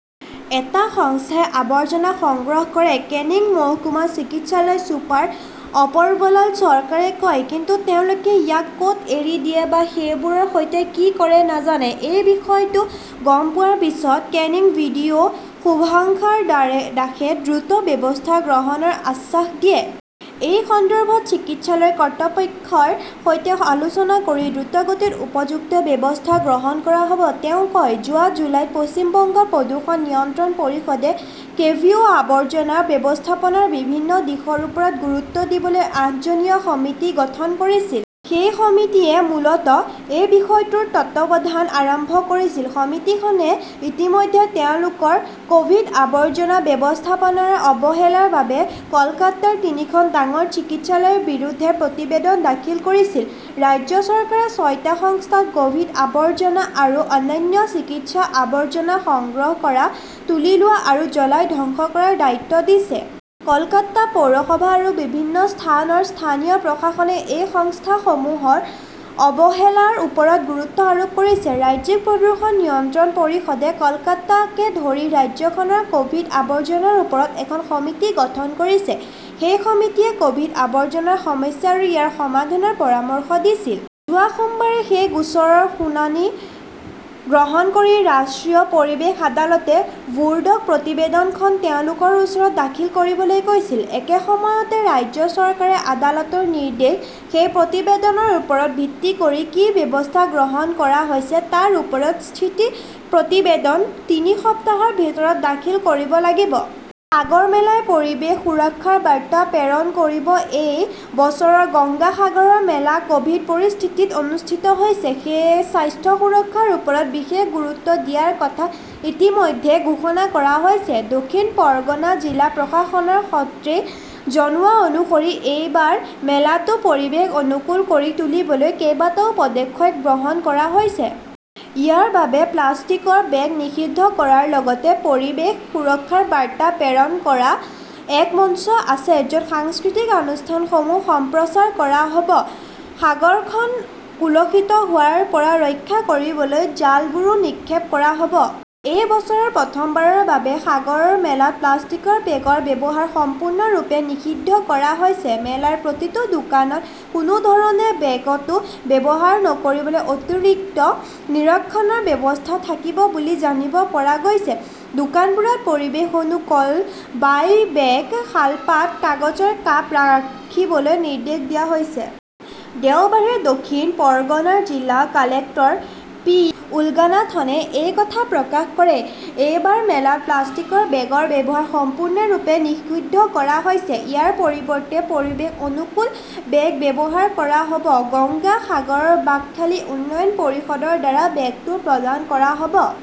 এটা সংস্থাই আৱৰ্জনা সংগ্ৰহ কৰে, কেনিং মহকুমা চিকিৎসালয়ৰ ছুপাৰ অপৰবলাল চৰকাৰে কয়। কিন্তু তেওঁলোকে ইয়াক কত এৰি দিয়ে বা সেইবোৰৰ সৈতে কি কৰে নাজানে। এই বিষয়টো গম পোৱাৰ পিছত Canning B. D. O. Shubhankar দাসে দ্ৰুত ব্যৱস্থা গ্ৰহণৰ আশ্বাস দিয়ে। এই সন্দৰ্ভত চিকিৎসালয়ৰ কৰ্তৃপক্ষৰ সৈতে আলোচনা কৰি দ্ৰুতগতিত উপযুক্ত ব্যৱস্থা গ্ৰহণ কৰা হব, তেওঁ কয়। যোৱা জুলাইত পশ্চিম বংগ প্ৰদূষণ নিয়ন্ত্ৰণ পৰিষদে ক'ভিড-আৱৰ্জনা ব্যৱস্থাপনাৰ বিভিন্ন দিশৰ ওপৰত গুৰুত্ব দিবলৈ আঠ জনীয়া সমিতি গঠন কৰিছিল। সেই সমিতিয়ে মূলতঃ এই বিষয়টোৰ তত্বাৱধান আৰম্ভ কৰিছিল। সমিতিখনে ইতিমধ্যে তেওঁলোকৰ কভিড-আৱৰ্জনা ব্যৱস্থাপনাৰ অৱহেলাৰ বাবে কলকাতাৰ তিনিখন ডাঙৰ চিকিৎসালয়ৰ বিৰুদ্ধে প্ৰতিবেদন দাখিল কৰিছে। ৰাজ্য চৰকাৰে ছয়টা সংস্থাক কভিড-আৱৰ্জনা আৰু অন্যান্য চিকিৎসা-আৱৰ্জনা সংগ্ৰহ কৰা, তুলি লোৱা আৰু জ্বলাই ধ্বংস কৰাৰ দায়িত্ব দিছে। কলকাতা পৌৰসভা আৰু বিভিন্ন স্থানৰ স্থানীয় প্ৰশাসনে এই সংস্থাসমূহৰ অৱহেলাৰ ওপৰত গুৰুত্ব আৰোপ কৰিছে। ৰাজ্যিক প্ৰদূষণ নিয়ন্ত্ৰণ পৰিষদে কলকাতাকে ধৰি ৰাজ্যখনৰ কভিড আৱৰ্জনাৰ ওপৰত এখন সমিতি গঠন কৰিছে। সেই সমিতিয়ে কভিড-আৱৰ্জনাৰ সমস্যা আৰু ইয়াৰ সমাধানৰ পৰামৰ্শ দিছিল। যোৱা সোমবাৰে সেই গোচৰৰ শুনানি গ্ৰহণ কৰি ৰাষ্ট্ৰীয় পৰিৱেশ আদালতে বোৰ্ডক প্ৰতিবেদনখন তেওঁলোকৰ ওচৰত দাখিল কৰিবলৈ কৈছিল। একে সময়তে, ৰাজ্য চৰকাৰে আদালতৰ নিৰ্দেশ, সেই প্ৰতিবেদনৰ ওপৰত ভিত্তি কৰি কি ব্যৱস্থা গ্ৰহণ কৰা হৈছে তাৰ ওপৰত 'স্থিতি প্ৰতিবেদন' তিনি সপ্তাহৰ ভিতৰত দাখিল কৰিব লাগিব। সাগৰমেলাই পৰিৱেশ সুৰক্ষাৰ বাৰ্তা প্ৰেৰণ কৰিব এই বছৰৰ গংগা সাগৰ মেলা কভিড পৰিস্থিতিত অনুষ্ঠিত হৈছে। সেয়েহে স্বাস্থ্য-সুৰক্ষাৰ ওপৰত বিশেষ গুৰুত্ব দিয়াৰ কথা ইতিমধ্যে ঘোষণা কৰা হৈছে। দক্ষিণ পৰগনা জিলা প্ৰশাসনৰ সূত্ৰই জনোৱা অনুসৰি এইবাৰ মেলাটো পৰিৱেশ অনুকূল কৰি তুলিবলৈ কেইবাটাও পদক্ষেপ গ্ৰহণ কৰা হৈছে। ইয়াৰ বাবে প্লাষ্টিকৰ বেগ নিষিদ্ধ কৰাৰ লগতে পৰিৱেশ সুৰক্ষাৰ বাৰ্তা প্ৰেৰণ কৰা এক মঞ্চ আছে য 'ত সাংস্কৃতিক অনুষ্ঠানসমূহ সম্প্ৰচাৰ কৰা হ' ব। সাগৰখন কোলষিত হোৱাৰ পৰা ৰক্ষা কৰিবলৈ জালবোৰ নিক্ষেপ কৰা হ'ব। এই বছৰ প্ৰথমবাৰৰ বাবে সাগৰ মেলাত প্লাষ্টিকৰ বেগৰ ব্যৱহাৰ সম্পূৰ্ণৰূপে নিষিদ্ধ কৰা হৈছে। মেলাৰ প্ৰতিটো দোকানত কোনো ধৰণে বেগটো ব্যৱহাৰ নকৰিবলৈ অতিৰিক্ত নিৰক্ষণৰ ব্যৱস্থা থাকিব বুলি জানিব পৰা গৈছে। দোকানবোৰত পৰিৱেশ-অনুকল বায় বেগ, শালপাত, কাগজৰ কাপ ৰাখিবলৈ নিৰ্দেশ দিয়া হৈছে। দেওবাৰে দক্ষিণ পৰগনাৰ জিলা কালেক্টৰ পি. উলগানাথনে এই কথা প্ৰকাশ কৰে। এই বাৰ মেলাত প্লাষ্টিকৰ বেগৰ ব্যৱহাৰ সম্পূৰ্ণৰূপে নিষিদ্ধ কৰা হৈছে। ইয়াৰ পৰিৱৰ্তে পৰিৱেশ অনুকূল বেগ ব্যৱহাৰ কৰা হ'ব। গংগা সাগৰ-বাকখালী উন্নয়ন পৰিষদৰ দ্বাৰা বেগটো প্ৰদান কৰা হ 'ব।